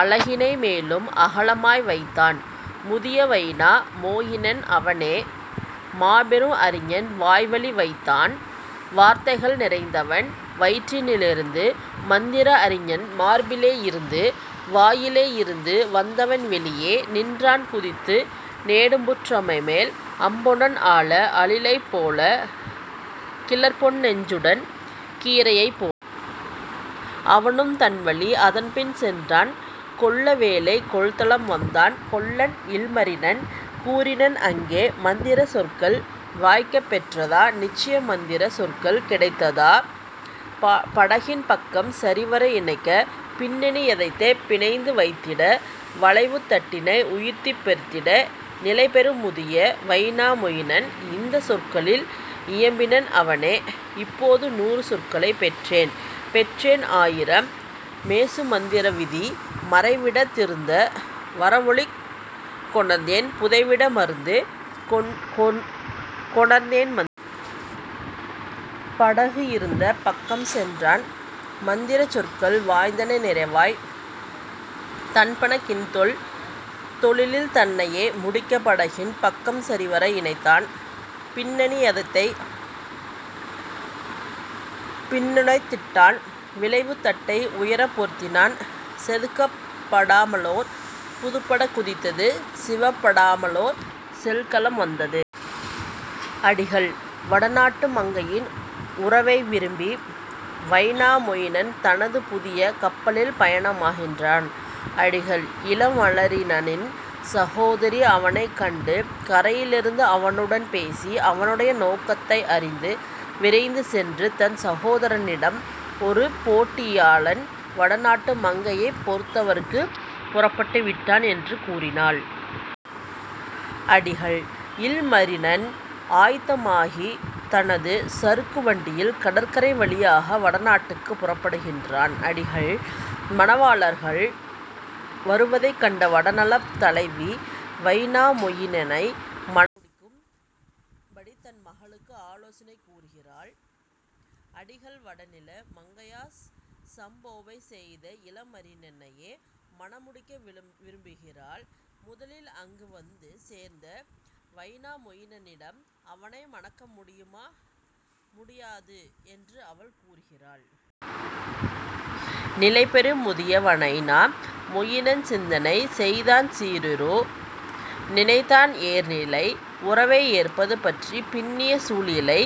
அலகினை மேலும் அகலமாய் வைத்தான்; முதிய வைனா மொயினன் அவனே மாபெரும் அறிஞன் வாய்வழி வந்தான் வார்த்தைகள் நிறைந்தவன் வயிற்றினி லிருந்து மந்திர அறிஞனின் மார்பிலே யிருந்து; வாயிலே யிருந்து வந்தவன் வெளியே நின்றான் குதித்து நெடும்புற் றரைமேல் அம்பொனில் ஆன அணிலதைப் போல கிளர்பொன் நெஞ்சுடன் கீரியைப் போல. அவனும் தன்வழி அதன்பின் சென்றான் கொல்ல வேலைக் கொள்தளம் வந்தான்; கொல்லன் இல்மரினன் கூறினன் அங்கே: "மந்திரச் சொற்கள் வாய்க்கப் பெற்றதா நச்சிய மந்திரச் சொற்கள் கிடைத்ததா படகின் பக்கம் சரிவர இணைக்க பின்னணி யத்தைப் பிணைத்து வைத்திட வளைவுத் தட்டினை உயர்த்திப் பொருத்திட? " நிலைபெறும் முதிய வைனா மொயினன் இந்தச் சொற்களில் இயம்பினன் அவனே: "இப்போது நூறு சொற்களைப் பெற்றேன் பெற்றேன் ஆயிரம் பேசுமந் திரவிதி மறைவிடத் திருந்து வரவெளிக் கொணர்ந்தேன் புதைவிட மிருந்து கொணர்ந்தேன் மந்திரம். " படகு இருந்த பக்கம் சென்றான் மந்திரச் சொற்கள் வாய்ந்தன நிறைவாய் தன்பட கின்தொழில் தன்னையே முடிக்க படகின் பக்கம் சரிவர இணைத்தான் பின்அணி யத்தைப் பிணைத்துவைத் திட்டான் வளைவுத் தட்டை உயரப் பொருத்தினான் செதுக்கப் படாமலோர் புதுப்பட குதித்தது சீவப் படாமலோர் செல்கலம் வந்தது. அடிகள்: வடநாட்டு மங்கையின் உறவை விரும்பி வைனாமொயினன் தனது புதிய கப்பலில் பயணமாகின்றான். அடிகள்: இல்மரினனின் சகோதரி அவனைக் கண்டு, கரையிலிருந்து அவனுடன் பேசி, அவனுடைய நோக்கத்தை அறிந்து, விரைந்து சென்று தன் சகோதரனிடம் ஒரு போட்டியாளன் வடநாட்டு மங்கையைப் பெறுவதற்குப் புறப்பட்டுவிட்டான் என்று கூறுகிறாள். அடிகள்: இல்மரினன் ஆயத்தமாகித் தனது சறுக்கு வண்டியில் கடற்கரை வழியாக வடநாட்டுக்குப் புறப்படுகிறான். அடிகள்: மணவாளர்கள் வருவதைக் கண்ட வடநிலத் தலைவி, வைனாமொயினனை மணம் முடிக்கும்படி தன் மகளுக்கு ஆலோசனை கூறுகிறாள். அடிகள் வடநில மங்கையோ சம்போவைச் செய்த இல்மரினனையே மணமுடிக்க விரும்புகின்றாள். முதலில் அங்கு வந்து சேர்ந்த வைனாமொயினனிடம் அவனை மணம் முடிக்க முடியாது என்று அவள் கூறுகிறாள். நிலைபெறும் முதிய வைனா மொயினன் சிந்தனை செய்தான் சீருற நினைத்தான் ஏந்திழை உறவை ஏற்பது பற்றி பின்னிய குழலியை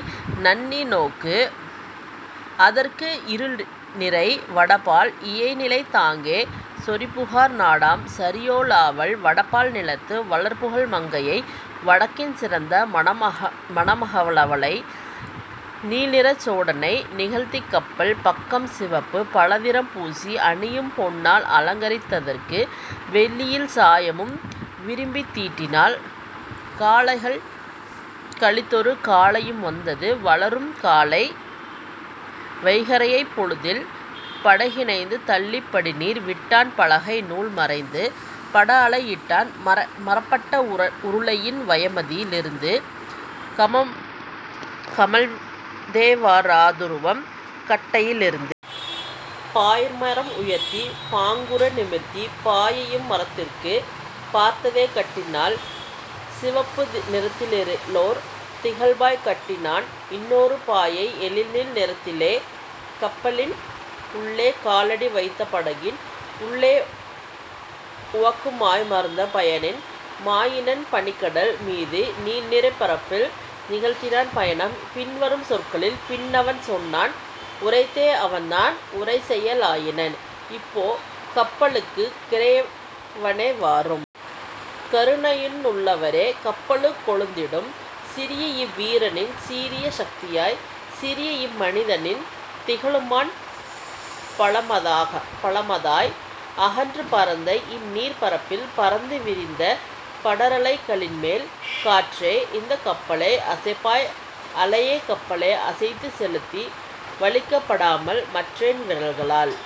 நண்ணிநோக் குதற்கு இருள்நிறை வடபால் இயைநிலத் தாங்கே செறிபுகார் நாடாம் சரியோ லாவில் வடபால் நிலத்து வளர்புகழ் மங்கையை வடக்கின் சிறந்த மணமக ளவளை. நீல்நிறச் சோடனை நிகழ்த்திக் கப்பல் பக்கம் சிவப்பு பதநிறம் பூசி அணியம் பொன்னால் அலங்கரித் ததற்கு வெள்ளியில் சாயமும் விரும்பித் தீட்டினான்; காலைகள் கழிந்தொரு காலையும் வந்தது வளரும் காலை வைகறைப் பொழுதில் படகினைத் தள்ளிப் படிநீர் விட்டான் பலகைநூ றமைந்த படஅலை யிட்டான் மரப்பட் உருளையின் வயமதி லிருந்து கமழ்தேவ தாருவாம் கட்டையி லிருந்து. பாய்மரம் உயர்த்தி பாங்குற நிமிர்த்தி பாயையம் மரத்திற் பார்த்தே கட்டினான் சிவப்பு நிறத்திலோர் திகழ்பாய் கட்டினான் இன்னொரு பாயை எழில்நீல் நிறத்திலே கப்பலின் உள்ளே காலடி வைத்து படகின் உள்ளே பக்குவ மாயமர்ந் பயண மாயினன் பனிக்கடல் மீது நீல்நீர்ப் பரப்பில் நிகழ்த்தினான் பயணம். பின்வரும் சொற்களில் பின்அவன் சொன்னான் உரைத்தே அவன்தான் உரைசெய லாயினன்: "இப்போ கப்பலுக் கிறைவனே, வாரும்! கருணையுள் ளவரே, கப்பலுக் கெழுந்திடும்! சிறியஇவ் வீரனின் சீரிய சக்தியாய், சிறியஇம் மனிதனின் திகழுமாண் பலமதாய், அகன்று பரந்த இந்நீர்ப் பரப்பில் பரந்து விரிந்த படரலை களின்மேல். காற்றே இந்தக் கப்பலை அசைப்பாய் அலையே கப்பலை அசைத்துச் செலுத்து வலிக்கப் படாமல் மற்றென் விரல்களால்